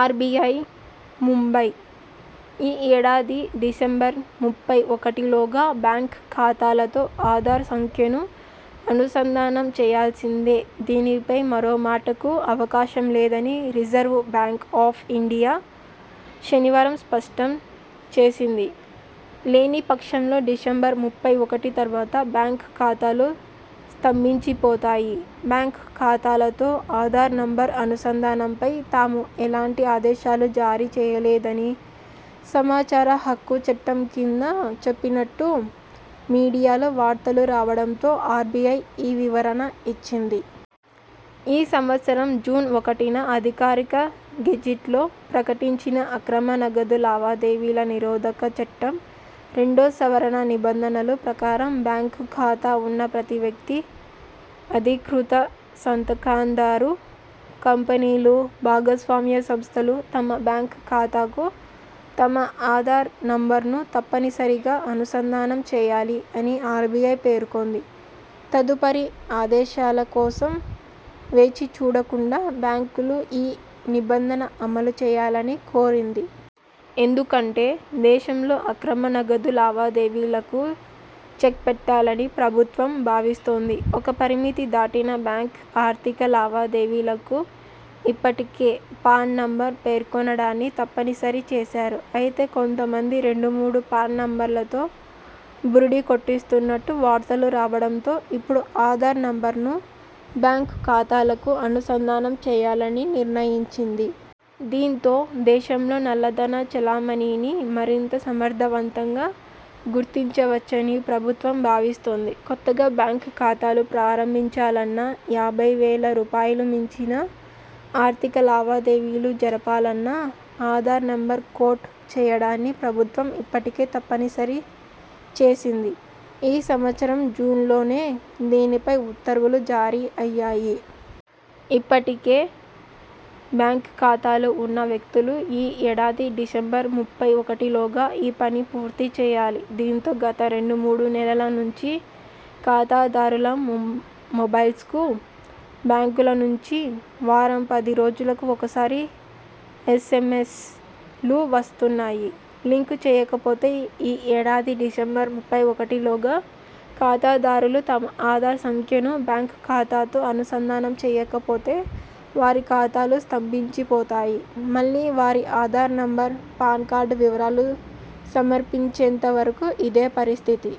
RBI, Mumbai ఈ ఏడాది December ముప్పై ఒకటిలోగా బ్యాంక్ ఖాతాలతో ఆధార్ సంఖ్యను అనుసంధానం చేయాల్సిందే దీనిపై మరో మాటకు అవకాశం లేదని రిజర్వు బ్యాంక్ ఆఫ్ ఇండియా శనివారం స్పష్టం చేసింది. లేనిపక్షంలో డిసెంబర్ ముప్పై ఒకటి తర్వాత బ్యాంక్ ఖాతాలు స్తంభించిపోతాయి బ్యాంక్ ఖాతాలతో ఆధార్ నంబర్ అనుసంధానంపై తాము ఎలాంటి ఆదేశాలు జారీ చేయలేదని సమాచార హక్కు చట్టం కింద చెప్పినట్టు మీడియాలో వార్తలు రావడంతో ఆర్బిఐ ఈ వివరణ ఇచ్చింది. 'ఈ సంవత్సరం జూన్ ఒకటిన అధికారిక గెజిట్లో ప్రకటించిన 'అక్రమ నగదు లావాదేవీల నిరోధక చట్టం రెండో సవరణ నిబంధనలు ' ప్రకారం బ్యాంకు ఖాతా ఉన్న ప్రతి వ్యక్తి, అధీకృత సంతకందారు, కంపెనీలు, భాగస్వామ్య సంస్థలు తమ బ్యాంక్ ఖాతాకు తమ 'ఆధార్' నంబర్ను తప్పనిసరిగా అనుసంధానం చేయాలి' అని ఆర్బిఐ పేర్కొంది తదుపరి ఆదేశాల కోసం వేచిచూడకుండా బ్యాంకులు ఈ నిబంధన అమలు చేయాలని కోరింది. ఎందుకంటే దేశంలో అక్రమ నగదు లావాదేవీలకు చెక్పెట్టాలని ప్రభుత్వం భావిస్తోంది. ఒక పరిమితి దాటిన బ్యాంక్ ఆర్థిక లావాదేవీలకు ఇప్పటికే 'పాన్' నంబర్ పేర్కొనడాన్ని తప్పనిసరి చేశారు. అయితే కొంత మంది రెండు మూడు పాన్ నంబర్లతో బురిడీ కొట్టిస్తున్నట్టు వార్తలు రావడంతో ఇప్పుడు ఆధార్ నెంబర్నూ బ్యాంక్ ఖాతాలకు అనుసంధానం చేయాలని నిర్ణయించింది. దీంతో దేశంలో నల్లధన చలామణినీ మరింత సమర్థవంతంగా గుర్తించవచ్చని ప్రభుత్వం భావిస్తోంది. కొత్తగా బ్యాంక్ ఖాతాలు ప్రారంభించాలన్నా యాభై వేల రూపాయలుమించిన ఆర్థిక లావాదేవీలు జరపాలన్నా ఆధార్' నెంబర్ కోట్ చేయడాన్ని ప్రభుత్వం ఇప్పటికే తప్పనిసరి చేసింది ఈ సంవత్సరం జూన్లోనే దీనిపై ఉత్తర్వులు జారీ అయ్యాయి. ఇప్పటికే బ్యాంక్ ఖాతాలు ఉన్న వ్యక్తులు ఈ ఏడాది డిసెంబర్ ముప్పై ఒకటిలోగా ఈ పని పూర్తి చేయాలి దీంతో గత రెండు మూడు నెలల నుంచి ఖాతాదారుల మొబైల్స్కు బ్యాంకుల నుంచి వారం పది రోజులకు ఒకసారి ఎస్ఎంఎస్ లు వస్తున్నాయి. లింక్ చేయకపోతే ఈ ఏడాది డిసెంబర్ ముప్పై ఒకటిలోగా ఖాతాదారులు తమ ఆధార్ సంఖ్యను బ్యాంక్ ఖాతాతో అనుసంధానం చేయకపోతే వారి ఖాతాలూ స్తంభించిపోతాయి మళ్లీ వారి ఆధార్ నంబర్, పాన్ కార్డు వివరాలు సమర్పించేంత వరకు ఇదే పరిస్థితి.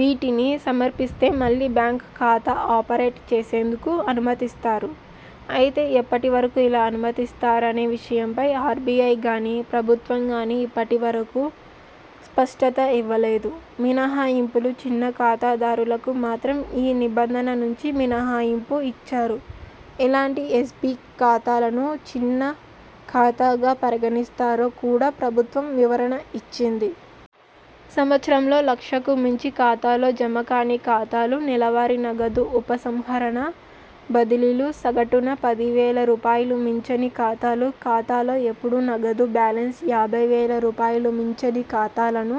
వీటిని సమర్పిస్తే మళ్లీ బ్యాంక్ ఖాతా ఆపరేట్ చేసేందుకు అనుమతిస్తారు. అయితే ఎప్పటి వరకు ఇలా అనుమతిస్తారనే విషయంపై ఆర్బిఐగానీ, ప్రభుత్వంగాని ఇప్పటి వరకు స్పష్టత ఇవ్వలేదు. మినహాయింపులు చిన్న ఖాతాదారులకు మాత్రం ఈ నిబంధన నుంచి మినహాయింపు ఇచ్చారు. ఎలాంటి ఎస్బి ఖాతాలను చిన్న ఖాతాగా పరిగణిస్తారో కూడా ప్రభుత్వం వివరణ ఇచ్చింది. సంవత్సరంలో లక్షకు మించి ఖాతాలో జమకాని ఖాతాలు, నెలవారీ నగదు ఉపసంహరణ, బదిలీలు సగటున పది వేల రూపాయలు మించని ఖాతాలు, ఖాతాలో ఎప్పుడూ నగదు బ్యాలెన్స్ యాభై వేల రూపాయలు మించని ఖాతాలను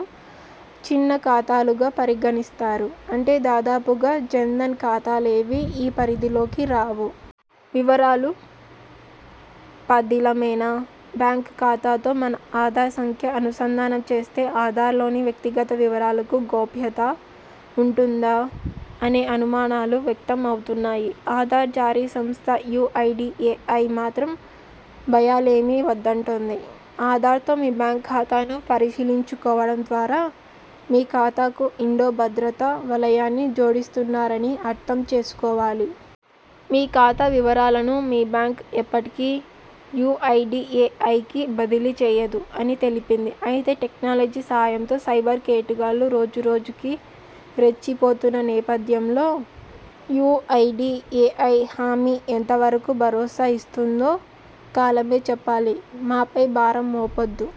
చిన్న ఖాతాలుగా పరిగణిస్తారు అంటే దాదాపుగా జన్ ధన్ ఖాతాలేవీ ఈ పరిధిలోకి రావు. వివరాలు పదిలమేనా? బ్యాంక్ ఖాతాతో మన ఆధార్ సంఖ్య అనుసంధానం చేస్తే ఆధార్లోని వ్యక్తిగత వివరాలకు గోప్యత ఉంటుందా? అనే అనుమానాలు వ్యక్తం అవుతున్నాయి. ఆధార్ జారీ సంస్థ యుఐడిఎఐ మాత్రం భయాలేమీ వద్దంటోంది. 'ఆధార్ తో మీ బ్యాంక్ ఖాతాను పరిశీలించుకోవడం ద్వారా మీ ఖాతాకు ఇండో భద్రతా వలయాన్ని జోడిస్తున్నారని అర్థం చేసుకోవాలి. మీ ఖాతా వివరాలను మీ బ్యాంక్ ఎప్పటికీ యుఐడిఎఐకి బదిలీ చేయదు' అని తెలిపింది. అయితే టెక్నాలజీ సాయంతో సైబర్ కేటుగాళ్లు రోజు రోజుకీ రెచ్చిపోతున్న నేపథ్యంలో యుఐడిఎఐ హామీ ఎంత వరకు భరోసా ఇస్తుందో కాలమే చెప్పాలి. మాపై భారం మోపొద్దు